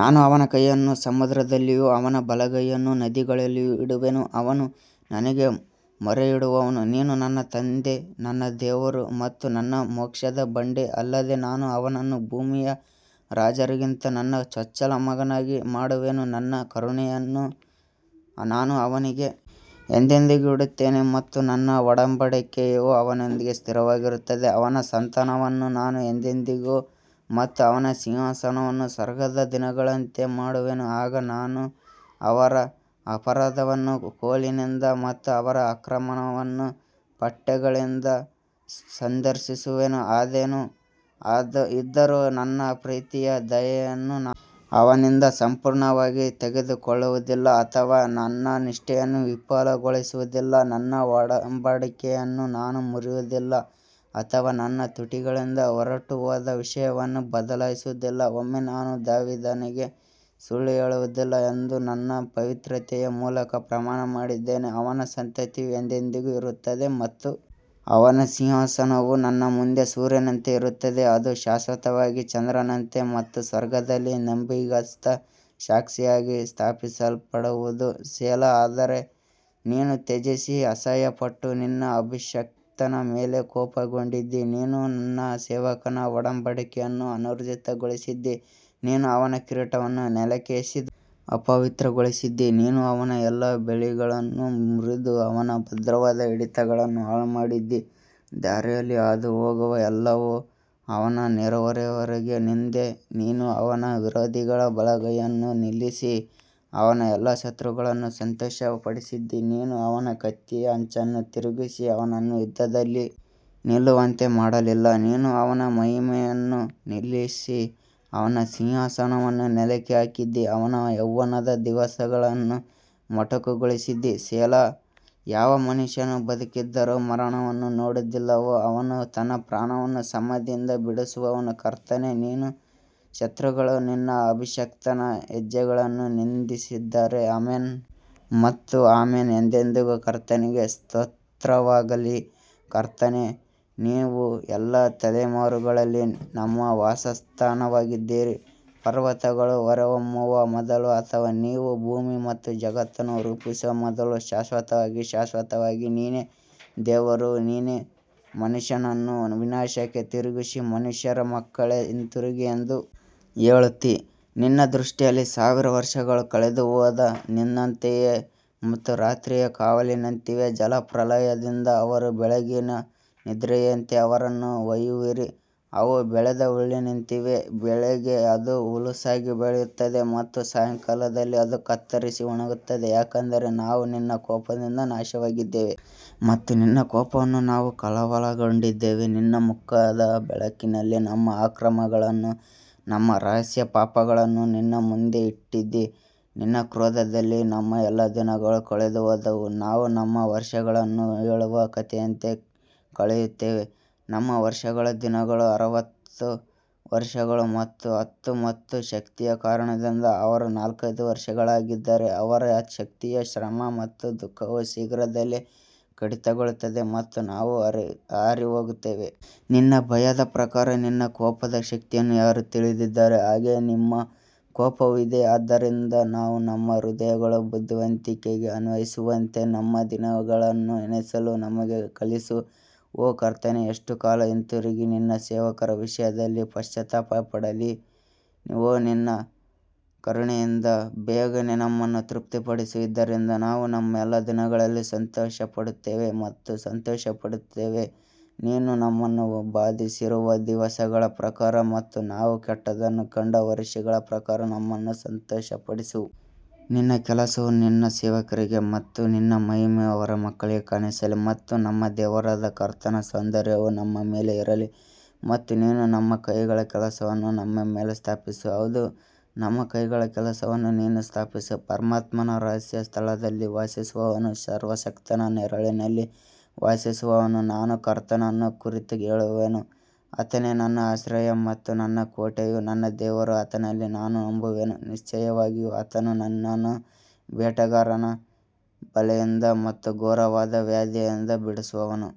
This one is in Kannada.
ನಾನು ಅವನ ಕೈಯನ್ನು ಸಮುದ್ರದಲ್ಲಿಯೂ ಅವನ ಬಲಗೈಯನ್ನು ನದಿಗಳಲ್ಲಿಯೂ ಇಡುವೆನು ಅವನು ನನಗೆ ಮೊರೆಯಿಡುವನು, ನೀನು ನನ್ನ ತಂದೆ ನನ್ನ ದೇವರು ಮತ್ತು ನನ್ನ ಮೋಕ್ಷದ ಬಂಡೆ ಅಲ್ಲದೆ ನಾನು ಅವನನ್ನು ಭೂಮಿಯ ರಾಜರಿಗಿಂತ ನನ್ನ ಚೊಚ್ಚಲ ಮಗನಾಗಿ ಮಾಡುವೆನು ನನ್ನ ಕರುಣೆಯನ್ನು ನಾನು ಅವನಿಗೆ ಎಂದೆಂದಿಗೂ ಇಡುತ್ತೇನೆ ಮತ್ತು ನನ್ನ ಒಡಂಬಡಿಕೆಯು ಅವನೊಂದಿಗೆ ಸ್ಥಿರವಾಗಿರುತ್ತದೆ ಅವನ ಸಂತಾನವನ್ನು ನಾನು ಎಂದೆಂದಿಗೂ ಮತ್ತು ಅವನ ಸಿಂಹಾಸನವನ್ನು ಸ್ವರ್ಗದ ದಿನಗಳಂತೆ ಮಾಡುವೆನು ಆಗ ನಾನು ಅವರ ಅಪರಾಧವನ್ನು ಕೋಲಿನಿಂದ ಮತ್ತು ಅವರ ಅಕ್ರಮವನ್ನು ಪಟ್ಟೆಗಳಿಂದ ಸಂದರ್ಶಿಸುವೆನು ಅದೇನೇ ಇದ್ದರೂ, ನನ್ನ ಪ್ರೀತಿಯ ದಯೆಯನ್ನು ನಾನು ಅವನಿಂದ ಸಂಪೂರ್ಣವಾಗಿ ತೆಗೆದುಕೊಳ್ಳುವುದಿಲ್ಲ ಅಥವಾ ನನ್ನ ನಿಷ್ಠೆಯನ್ನು ವಿಫಲಗೊಳಿಸುವುದಿಲ್ಲ ನನ್ನ ಒಡಂಬಡಿಕೆಯನ್ನು ನಾನು ಮುರಿಯುವುದಿಲ್ಲ ಅಥವಾ ನನ್ನ ತುಟಿಗಳಿಂದ ಹೊರಟುಹೋದ ವಿಷಯವನ್ನು ಬದಲಾಯಿಸುವುದಿಲ್ಲ ಒಮ್ಮೆ ನಾನು ದಾವೀದನಿಗೆ ಸುಳ್ಳು ಹೇಳುವುದಿಲ್ಲ ಎಂದು ನನ್ನ ಪವಿತ್ರತೆಯ ಮೂಲಕ ಪ್ರಮಾಣ ಮಾಡಿದ್ದೇನೆ ಅವನ ಸಂತತಿಯು ಎಂದೆಂದಿಗೂ ಇರುತ್ತದೆ ಮತ್ತು ಅವನ ಸಿಂಹಾಸನವು ನನ್ನ ಮುಂದೆ ಸೂರ್ಯನಂತೆ ಇರುತ್ತದೆ ಅದು ಶಾಶ್ವತವಾಗಿ ಚಂದ್ರನಂತೆ ಮತ್ತು ಸ್ವರ್ಗದಲ್ಲಿ ನಂಬಿಗಸ್ತ ಸಾಕ್ಷಿಯಾಗಿ ಸ್ಥಾಪಿಸಲ್ಪಡುವುದು ಸೆಲಾ ಆದರೆ ನೀನು ತ್ಯಜಿಸಿ ಅಸಹ್ಯಪಟ್ಟು ನಿನ್ನ ಅಭಿಷಿಕ್ತನ ಮೇಲೆ ಕೋಪಗೊಂಡಿದ್ದೀ ನೀನು ನಿನ್ನ ಸೇವಕನ ಒಡಂಬಡಿಕೆಯನ್ನು ಅನೂರ್ಜಿತಗೊಳಿಸಿದ್ದೀ, ನೀನು ಅವನ ಕಿರೀಟವನ್ನು ನೆಲಕ್ಕೆ ಎಸೆದು ಅಪವಿತ್ರಗೊಳಿಸಿದ್ದೀ ನೀನು ಅವನ ಎಲ್ಲಾ ಬೇಲಿಗಳನ್ನು ಮುರಿದು ಅವನ ಭದ್ರವಾದ ಹಿಡಿತಗಳನ್ನು ಹಾಳುಮಾಡಿದ್ದೀ ದಾರಿಯಲ್ಲಿ ಹಾದು ಹೋಗುವ ಎಲ್ಲವೂ ಅವನ ನೆರೆಹೊರೆಯವರಿಗೆ ನಿಂದೆ ನೀನು ಅವನ ವಿರೋಧಿಗಳ ಬಲಗೈಯನ್ನು ನಿಲ್ಲಿಸಿ ಅವನ ಎಲ್ಲಾ ಶತ್ರುಗಳನ್ನು ಸಂತೋಷಪಡಿಸಿದ್ದೀ ನೀನು ಅವನ ಕತ್ತಿಯ ಅಂಚನ್ನು ತಿರುಗಿಸಿ ಅವನನ್ನು ಯುದ್ಧದಲ್ಲಿ ನಿಲ್ಲುವಂತೆ ಮಾಡಲಿಲ್ಲ ನೀನು ಅವನ ಮಹಿಮೆಯನ್ನು ನಿಲ್ಲಿಸಿ ಅವನ ಸಿಂಹಾಸನವನ್ನು ನೆಲಕ್ಕೆ ಹಾಕಿದ್ದೀ ಅವನ ಯೌವನದ ದಿವಸಗಳನ್ನು ಮೊಟಕುಗೊಳಿಸಿದ್ದೀ ಸೆಲಾ ಯಾವ ಮನುಷ್ಯನು ಬದುಕಿದ್ದರೂ ಮರಣವನ್ನು ನೋಡುವುದಿಲ್ಲವೋ ಅವನು ತನ್ನ ಪ್ರಾಣವನ್ನು ಸಮಾಧಿಯಿಂದ ಬಿಡಿಸುವನು ಕರ್ತನೇ ನಿನ್ನ ಶತ್ರುಗಳು ನಿನ್ನ ಅಭಿಷಕ್ತನ ಹೆಜ್ಜೆಗಳನ್ನು ನಿಂದಿಸಿದ್ದಾರೆ ಆಮೆನ್ ಮತ್ತು ಆಮೆನ್ ಎಂದೆಂದಿಗೂ ಕರ್ತನಿಗೆ ಸ್ತೋತ್ರವಾಗಲಿ ಕರ್ತನೇ, ನೀವು ಎಲ್ಲಾ ತಲೆಮಾರುಗಳಲ್ಲಿ ನಮ್ಮ ವಾಸಸ್ಥಾನವಾಗಿದ್ದೀರಿ ಪರ್ವತಗಳು ಹೊರಹೊಮ್ಮುವ ಮೊದಲು ಅಥವಾ ನೀವು ಭೂಮಿ ಮತ್ತು ಜಗತ್ತನ್ನು ರೂಪಿಸುವ ಮೊದಲು ಶಾಶ್ವತವಾಗಿ ಶಾಶ್ವತವಾಗಿ ನೀನೇ ದೇವರು ನೀನು ಮನುಷ್ಯನನ್ನು ವಿನಾಶಕ್ಕೆ ತಿರುಗಿಸಿ ಮನುಷ್ಯರ ಮಕ್ಕಳೇ ಹಿಂತಿರುಗಿ ಎಂದು ಹೇಳುತ್ತೀ ನಿನ್ನ ದೃಷ್ಟಿಯಲ್ಲಿ ಸಾವಿರ ವರ್ಷಗಳು ಕಳೆದುಹೋದ ನಿನ್ನೆಯಂತೆಯೇ ಮತ್ತು ರಾತ್ರಿಯ ಕಾವಲಿನಂತಿವೆ ಜಲಪ್ರಳಯದಿಂದ ಅವರು ಬೆಳಗಿನ ನಿದ್ರೆಯಂತೆ ಅವರನ್ನು ಒಯ್ಯುವಿರಿ, ಅವು ಬೆಳೆದ ಹುಲ್ಲಿನಂತಿವೆ ಬೆಳಿಗ್ಗೆ ಅದು ಹುಲುಸಾಗಿ ಬೆಳೆಯುತ್ತದೆ ಮತ್ತು ಸಾಯಂಕಾಲದಲ್ಲಿ ಅದು ಕತ್ತರಿಸಿ ಒಣಗುತ್ತದೆ ಯಾಕಂದರೆ ನಾವು ನಿನ್ನ ಕೋಪದಿಂದ ನಾಶವಾಗಿದ್ದೇವೆ ಮತ್ತು ನಿನ್ನ ಕೋಪದಿಂದ ನಾವು ಕಳವಳಗೊಂಡಿದ್ದೇವೆ ನಿನ್ನ ಮುಖದ ಬೆಳಕಿನಲ್ಲಿ ನಮ್ಮ ಅಕ್ರಮಗಳನ್ನು ನಮ್ಮ ರಹಸ್ಯ ಪಾಪಗಳನ್ನು ನಿನ್ನ ಮುಂದೆ ಇಟ್ಟಿದ್ದೀ ನಿನ್ನ ಕ್ರೋಧದಲ್ಲಿ ನಮ್ಮ ಎಲ್ಲಾ ದಿನಗಳು ಕಳೆದುಹೋದವು, ನಾವು ನಮ್ಮ ವರ್ಷಗಳನ್ನು ಹೇಳುವ ಕಥೆಯಂತೆ ಕಳೆಯುತ್ತೇವೆ ನಮ್ಮ ವರ್ಷಗಳ ದಿನಗಳು ಅರವತ್ತು ವರ್ಷಗಳು ಮತ್ತು ಹತ್ತು ಮತ್ತು ಶಕ್ತಿಯ ಕಾರಣದಿಂದ ಅವರು ನಾಲ್ಕೈದು ವರ್ಷಗಳಾಗಿದ್ದರೆ ಅವರ ಶಕ್ತಿಯ ಶ್ರಮ ಮತ್ತು ದುಃಖವು ಶೀಘ್ರದಲ್ಲೇ ಕಡಿತಗೊಳ್ಳುತ್ತದೆ ಮತ್ತು ನಾವು ಹಾರಿಹೋಗುತ್ತೇವೆ. ನಿನ್ನ ಭಯದ ಪ್ರಕಾರ ನಿನ್ನ ಕೋಪದ ಶಕ್ತಿಯನ್ನು ಯಾರು ತಿಳಿದಿದ್ದಾರೆ, ಹಾಗೆಯೇ ನಿಮ್ಮ ಕೋಪವೂ ಇದೆ ಆದ್ದರಿಂದ ನಾವು ನಮ್ಮ ಹೃದಯಗಳನ್ನು ಬುದ್ಧಿವಂತಿಕೆಗೆ ಅನ್ವಯಿಸುವಂತೆ ನಮ್ಮ ದಿನಗಳನ್ನು ಎಣಿಸಲು ನಮಗೆ ಕಲಿಸು ಓ ಕರ್ತನೇ ಎಷ್ಟು ಕಾಲ ಹಿಂತಿರುಗಿ ನಿನ್ನ ಸೇವಕರ ವಿಷಯದಲ್ಲಿ ಪಶ್ಚಾತ್ತಾಪ ಪಡಲಿ ಓ ನಿನ್ನ ಕರುಣೆಯಿಂದ ಬೇಗನೆ ನಮ್ಮನ್ನು ತೃಪ್ತಿಪಡಿಸು, ಇದರಿಂದ ನಾವು ನಮ್ಮ ಎಲ್ಲಾ ದಿನಗಳಲ್ಲಿ ಸಂತೋಷಪಡುತ್ತೇವೆ ಮತ್ತು ಸಂತೋಷಪಡುತ್ತೇವೆ ನೀನು ನಮ್ಮನ್ನು ಬಾಧಿಸಿರುವ ದಿವಸಗಳ ಪ್ರಕಾರ ಮತ್ತು ನಾವು ಕೆಟ್ಟದ್ದನ್ನು ಕಂಡ ವರುಷಗಳ ಪ್ರಕಾರ ನಮ್ಮನ್ನು ಸಂತೋಷಪಡಿಸು. ನಿನ್ನ ಕೆಲಸವು ನಿನ್ನ ಸೇವಕರಿಗೆ ಮತ್ತು ನಿನ್ನ ಮಹಿಮೆಯು ಅವರ ಮಕ್ಕಳಿಗೆ ಕಾಣಿಸಲಿ ಮತ್ತು ನಮ್ಮ ದೇವರಾದ ಕರ್ತನ ಸೌಂದರ್ಯವು ನಮ್ಮ ಮೇಲೆ ಇರಲಿ ಮತ್ತು ನೀನು ನಮ್ಮ ಕೈಗಳ ಕೆಲಸವನ್ನು ನಮ್ಮ ಮೇಲೆ ಸ್ಥಾಪಿಸು, ಹೌದು ನಮ್ಮ ಕೈಗಳ ಕೆಲಸವನ್ನು ನೀನು ಸ್ಥಾಪಿಸು ಪರಮಾತ್ಮನ ರಹಸ್ಯ ಸ್ಥಳದಲ್ಲಿ ವಾಸಿಸುವವನು ಸರ್ವಶಕ್ತನ ನೆರಳಿನಲ್ಲಿ ವಾಸಿಸುವನು ನಾನು ಕರ್ತನನ್ನು ಕುರಿತು ಹೇಳುವೆನು ಆತನೇ ನನ್ನ ಆಶ್ರಯ ಮತ್ತು ನನ್ನ ಕೋಟೆಯು ನನ್ನ ದೇವರು ಆತನಲ್ಲಿ ನಾನು ನಂಬುವೆನು ನಿಶ್ಚಯವಾಗಿಯೂ ಆತನು ನಿನ್ನನ್ನು ಬೇಟೆಗಾರನ ಬಲೆಯಿಂದ ಮತ್ತು ಘೋರವಾದ ವ್ಯಾಧಿಯಿಂದ ಬಿಡಿಸುವನು.